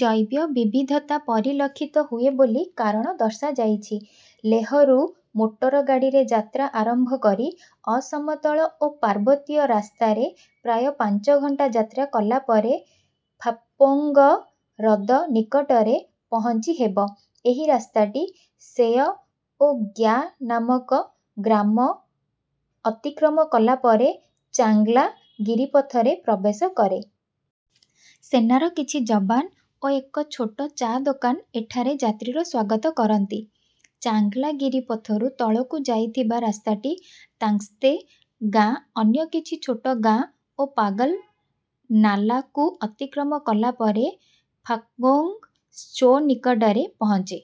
ଜୈବ ବିବିଧତା ପରିଲକ୍ଷିତ ହୁଏ ବୋଲି କାରଣ ଦର୍ଶାଯାଇଛି। ଲେହରୁ ମୋଟର ଗାଡିରେ ଯାତ୍ରା ଆରମ୍ଭ କରି ଅସମତଳ ଓ ପାର୍ବତୀୟ ରାସ୍ତାରେ ପ୍ରାୟ ପାଞ୍ଚ ଘଣ୍ଟା ଯାତ୍ରା କଲାପରେ ପାଂଗୋଂଗ୍ ହ୍ରଦ ନିକଟରେ ପହଞ୍ଚି ହେବ। ଏହି ରାସ୍ତାଟି ଶେୟ୍ ଓ ଗ୍ୟା ନାମକ ଗ୍ରାମ ଅତିକ୍ରମ କଲାପରେ ଚାଂଗ୍ଲା ଗିରିପଥ ରେ ପ୍ରବେଶ କରେ। ସେନାର କିଛି ଜବାନ ଓ ଏକ ଛୋଟ ଚା ଦୋକାନ ଏଠାରେ ଯାତ୍ରୀର ସ୍ୱାଗତ କରନ୍ତି। ଚାଂଗ୍ଲା ଗିରିପଥରୁ ତଳକୁ ଯାଇଥିବା ରାସ୍ତାଟି ତାଂଗ୍ସତେ ଗାଁ ଅନ୍ୟ କିଛି ଛୋଟ ଗାଁ ଓ ପାଗଲ୍ ନାଲା କୁ ଅତିକ୍ରମ କଲାପରେ ପାଂଗୋଂଗ୍ ତ୍ସୋ ନିକଟରେ ପହଞ୍ଚେ।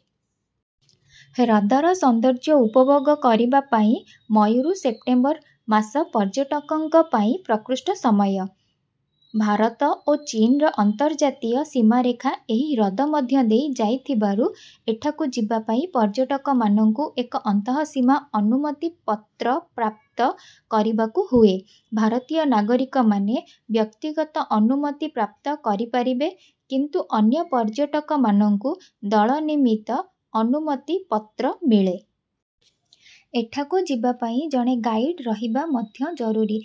ହ୍ରଦର ସୌନ୍ଦର୍ଯ୍ୟ ଉପଭୋଗ କରିବା ପାଇଁ ମଇରୁ ସେପ୍ଟେମ୍ବର୍ ମାସ ପର୍ଯ୍ୟଟକଙ୍କ ପାଇଁ ପ୍ରକୃଷ୍ଟ ସମୟ। ଭାରତ ଓ ଚୀନର ଅନ୍ତର୍ଯାତୀୟ ସୀମାରେଖା ଏହି ହ୍ରଦ ମଧ୍ୟଦେଇ ଯାଇଥିବାରୁ ଏଠାକୁ ଯିବାପାଇଁ ପର୍ଯ୍ୟଟକମାନଙ୍କୁ ଏକ ଅନ୍ତଃସୀମା ଅନୁମତି ପତ୍ର ପ୍ରାପ୍ତ କରିବାକୁ ହୁଏ। ଭାରତୀୟ ନାଗରିକମାନେ ବ୍ୟକ୍ତିଗତ ଅନୁମତି ପ୍ରାପ୍ତ କରିପାରିବେ କିନ୍ତୁ ଅନ୍ୟ ପର୍ଯ୍ୟଟକମାନଙ୍କୁ ଦଳ ନିମିତ୍ତ ଅନୁମତି ପତ୍ର ମିଳେ। ଏଠାକୁ ଯିବାପାଇଁ ଜଣେ ଗାଇଡ୍ ରହିବା ମଧ୍ୟ ଜରୁରୀ।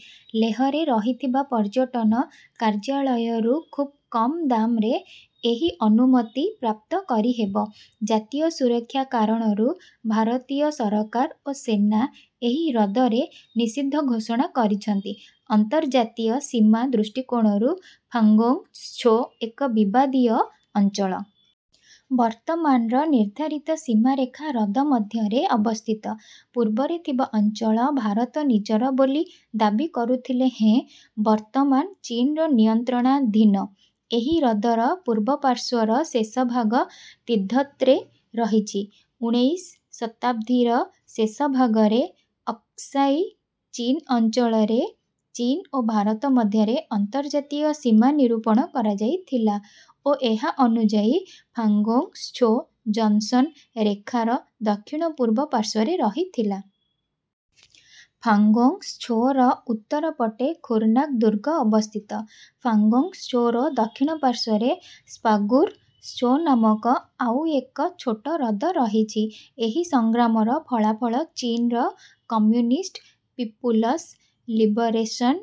ଲେହରେ ରହିଥିବା ପର୍ଯ୍ୟଟନ କାର୍ଯ୍ୟାଳୟରୁ ଖୁବ୍ କମ୍ ଦାମରେ ଏହି ଅନୁମତି ପ୍ରାପ୍ତ କରିହେବ। ଜାତୀୟ ସୁରକ୍ଷା କାରଣରୁ ଭାରତୀୟ ସରକାର ଓ ସେନା ଏହି ହ୍ରଦରେ ନିଷିଦ୍ଧ ଘୋଷଣା କରିଛନ୍ତି। ଅନ୍ତର୍ଯାତୀୟ ସୀମା ଦୃଷ୍ଟିକୋଣରୁ ପାଂଗୋଂଗ୍ ତ୍ସୋ ଏକ ବିବାଦୀୟ ଅଞ୍ଚଳ। ବର୍ତ୍ତମାନର ନିର୍ଦ୍ଧାରିତ ସୀମାରେଖା ହ୍ରଦ ମଧ୍ୟରେ ଅବସ୍ଥିତ। ପୂର୍ବରେ ଥିବା ଅଞ୍ଚଳ ଭାରତ ନିଜର ବୋଲି ଦାବୀ କରୁଥିଲେ ହେଁ ବର୍ତ୍ତମାନ ଚୀନର ନିୟନ୍ତ୍ରଣାଧୀନ। ଏହି ହ୍ରଦର ପୂର୍ବପାର୍ଶ୍ୱର ଶେଷଭାଗ ତିବ୍ୱତରେ ରହିଛି। ଉଣେଇଶ ଶତାବ୍ଦୀର ଶେଷଭାଗରେ ଅକ୍ସାଇ ଚୀନ ଅଞ୍ଚଳରେ ଚୀନ ଓ ଭାରତ ମଧ୍ୟରେ ଅନ୍ତର୍ଜାତୀୟ ସୀମା ନିରୂପଣ କରାଯାଇଥିଲା ଓ ଏହା ଅନୁଯାୟୀ ପାଂଗୋଂଗ୍ ତ୍ସୋ ଜନସନ୍ ରେଖାର ଦକ୍ଷିଣପୂର୍ବ ପାର୍ଶ୍ୱରେ ରହିଥିଲା। ପାଂଗୋଂଗ୍ ତ୍ସୋର ଉତ୍ତର ପଟେ ଖୁରନାକ୍ ଦୁର୍ଗ ଅବସ୍ଥିତ। ପାଂଗୋଂଗ୍ ତ୍ସୋର ଦକ୍ଷିଣ ପାର୍ଶ୍ୱରେ ସ୍ପାଂଗୁର୍ ତ୍ସୋ ନାମକ ଆଉ ଏକ ଛୋଟ ହ୍ରଦ ରହିଛି। ଏହି ସଂଗ୍ରାମର ଫଳାଫଳ ଚୀନର କମ୍ୟୁନିଷ୍ଟ୍ ପିପୁଲସ୍ ଲିବରେସନ୍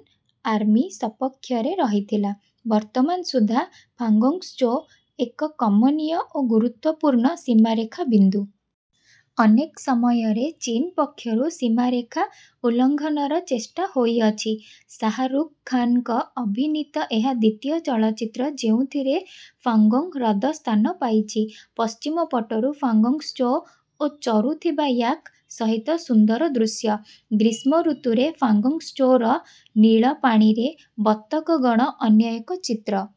ଆର୍ମି ସପକ୍ଷରେ ରହିଥିଲା। ବର୍ତ୍ତମାନ ସୁଦ୍ଧା ପାଂଗୋଂଗ୍ ତ୍ସୋ ଏକ କମନୀୟ ଓ ଗୁରୁତ୍ତ୍ୱପୂର୍ଣ୍ଣ ସୀମାରେଖା ବିନ୍ଦୁ। ଅନେକ ସମୟରେ ଚୀନ ପକ୍ଷରୁ ସୀମାରେଖା ଉଲ୍ଲଂଘନର ଚେଷ୍ଟା ହୋଇଅଛି। ଶାହାରୁଖ ଖାନଙ୍କ ଅଭିନୀତ ଏହା ଦ୍ୱିତୀୟ ଚଳଚ୍ଚିତ୍ର ଯେଉଁଥିରେ ପାଂଗୋଂଗ୍ ହ୍ରଦ ସ୍ଥାନ ପାଇଛି। ପଶ୍ଚିମ ପଟରୁ ପାଂଗୋଂଗ୍ ତ୍ସୋ ଓ ଚରୁଥିବା ୟାକ୍ ସହିତ ସୁନ୍ଦର ଦୃଶ୍ୟ । ଗ୍ରୀଷ୍ମଋତୁରେ ପାଂଗୋଂଗ୍ ତ୍ସୋର ନୀଳ ପାଣିରେ ବତକଗଣ ଅନ୍ୟ ଏକ ଚିତ୍ର ।